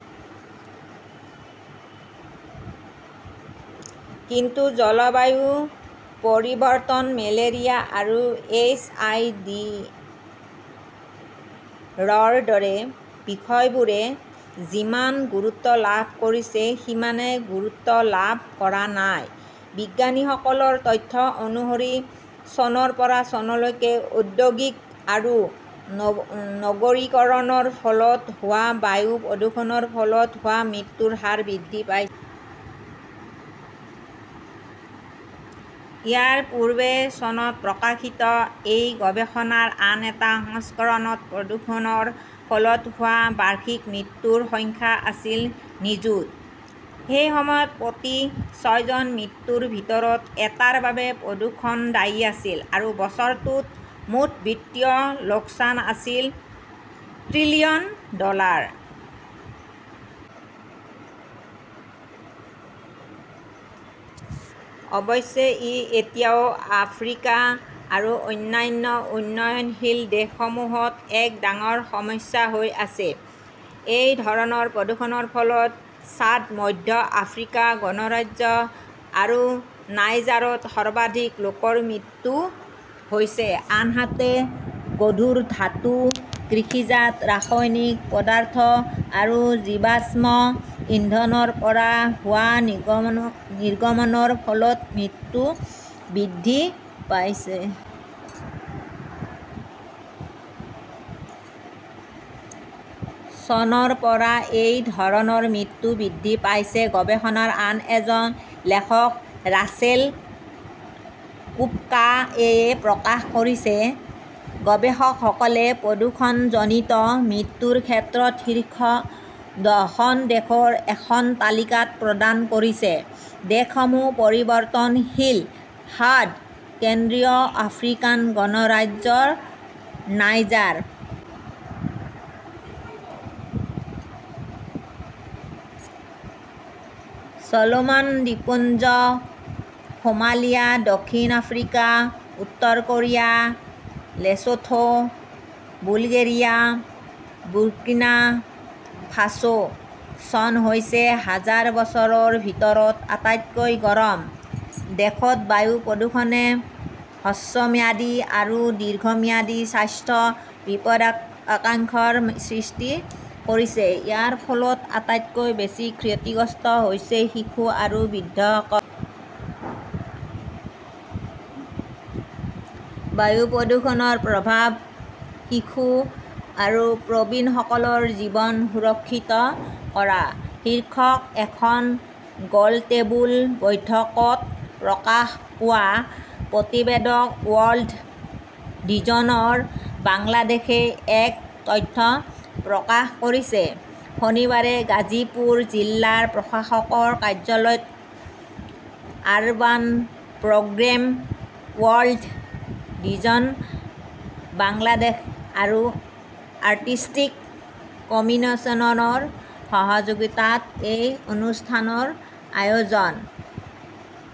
" কিন্তু জলবায়ু পৰিৱৰ্তন, মেলেৰিয়া আৰু এইচ. আই. ভি. -ৰ দৰে বিষয়বোৰে যিমান গুৰুত্ব লাভ কৰিছে সিমানেই গুৰুত্ব লাভ কৰা নাই। "বিজ্ঞানীসকলৰ তথ্য অনুসৰি, চনৰ পৰা চনলৈকে ঔদ্যোগিক আৰু নগৰীকৰণৰ ফলত হোৱা বায়ু প্ৰদূষণৰ ফলত হোৱা মৃত্যুৰ হাৰ বৃদ্ধি পাইছে। ইয়াৰ পূৰ্বে চনত প্ৰকাশিত এই গৱেষণাৰ আন এটা সংস্কৰণত প্ৰদূষণৰ ফলত হোৱা বাৰ্ষিক মৃত্যুৰ সংখ্যা আছিল নিযুত। সেই সময়ত প্ৰতি ছয়জন মৃত্যুৰ ভিতৰত এটাৰ বাবে প্ৰদূষণ দায়ী আছিল। আৰু বছৰটোত মুঠ বিত্তীয় লোকচান আছিল ট্ৰিলিয়ন ডলাৰ। অৱশ্যে, ই এতিয়াও আফ্ৰিকা আৰু অন্যান্য উন্নয়নশীল দেশসমূহত এক ডাঙৰ সমস্যা হৈ আছে। এই ধৰণৰ প্ৰদূষণৰ ফলত ছাদ, মধ্য আফ্ৰিকা গণৰাজ্য আৰু নাইজাৰত সৰ্বাধিক লোকৰ মৃত্যু হৈছে। আনহাতে, গধুৰ ধাতু, কৃষিজাত ৰাসায়নিক পদাৰ্থ আৰু জীৱাশ্ম ইন্ধনৰ পৰা হোৱা নিৰ্গমনৰ ফলত মৃত্যু বৃদ্ধি পাইছে। চনৰ পৰা এই ধৰণৰ মৃত্যু বৃদ্ধি পাইছে, গৱেষণাৰ আন এজন লেখক ৰাচেল কুপকাএ প্ৰকাশ কৰিছে। গৱেষকসকলে প্ৰদূষণজনিত মৃত্যুৰ ক্ষেত্ৰত শীৰ্ষ দহখন দেশৰ এখন তালিকাও প্ৰদান কৰিছে। দেশসমূহ পৰিৱৰ্তনশীলঃ. শাদ,. কেন্দ্ৰীয় আফ্ৰিকান গণৰাজ্য,. নাইজাৰ,. চলোমন দ্বীপপুঞ্জ,. সোমালিয়া,. দক্ষিণ আফ্ৰিকা।. উত্তৰ Korea,. Lesotho,. Bulgaria,. Burkina Faso. চন হৈছে হাজাৰ বছৰৰ ভিতৰত আটাইতকৈ গৰম। দেশত বায়ু প্ৰদূষণে হ্ৰস্বম্যাদী আৰু দীৰ্ঘম্যাদী স্বাস্থ্য বিপদাশংকাৰ সৃষ্টি কৰিছে। ইয়াৰ ফলত আটাইতকৈ বেছি ক্ষতিগ্ৰস্ত হৈছে শিশু আৰু বৃদ্ধসকল। "বায়ু প্ৰদূষণৰ প্ৰভাৱঃ শিশু আৰু প্ৰবীণসকলৰ জীৱন সুৰক্ষিত কৰা" শীৰ্ষক এখন গোলটেবুল বৈঠকত প্ৰকাশ পোৱা প্ৰতিবেদনত ৱৰ্ল্ড ভিজন বাংলাদেশই এই তথ্য প্ৰকাশ কৰিছে। শনিবাৰে গাজীপুৰ জিলা প্ৰশাসকৰ কাৰ্যালয়ত urban programme, World Vision Bangladesh আৰু আৰ্টিষ্টিক কমিউনিকেচনৰ সহযোগিতাত এই অনুষ্ঠানৰ আয়োজন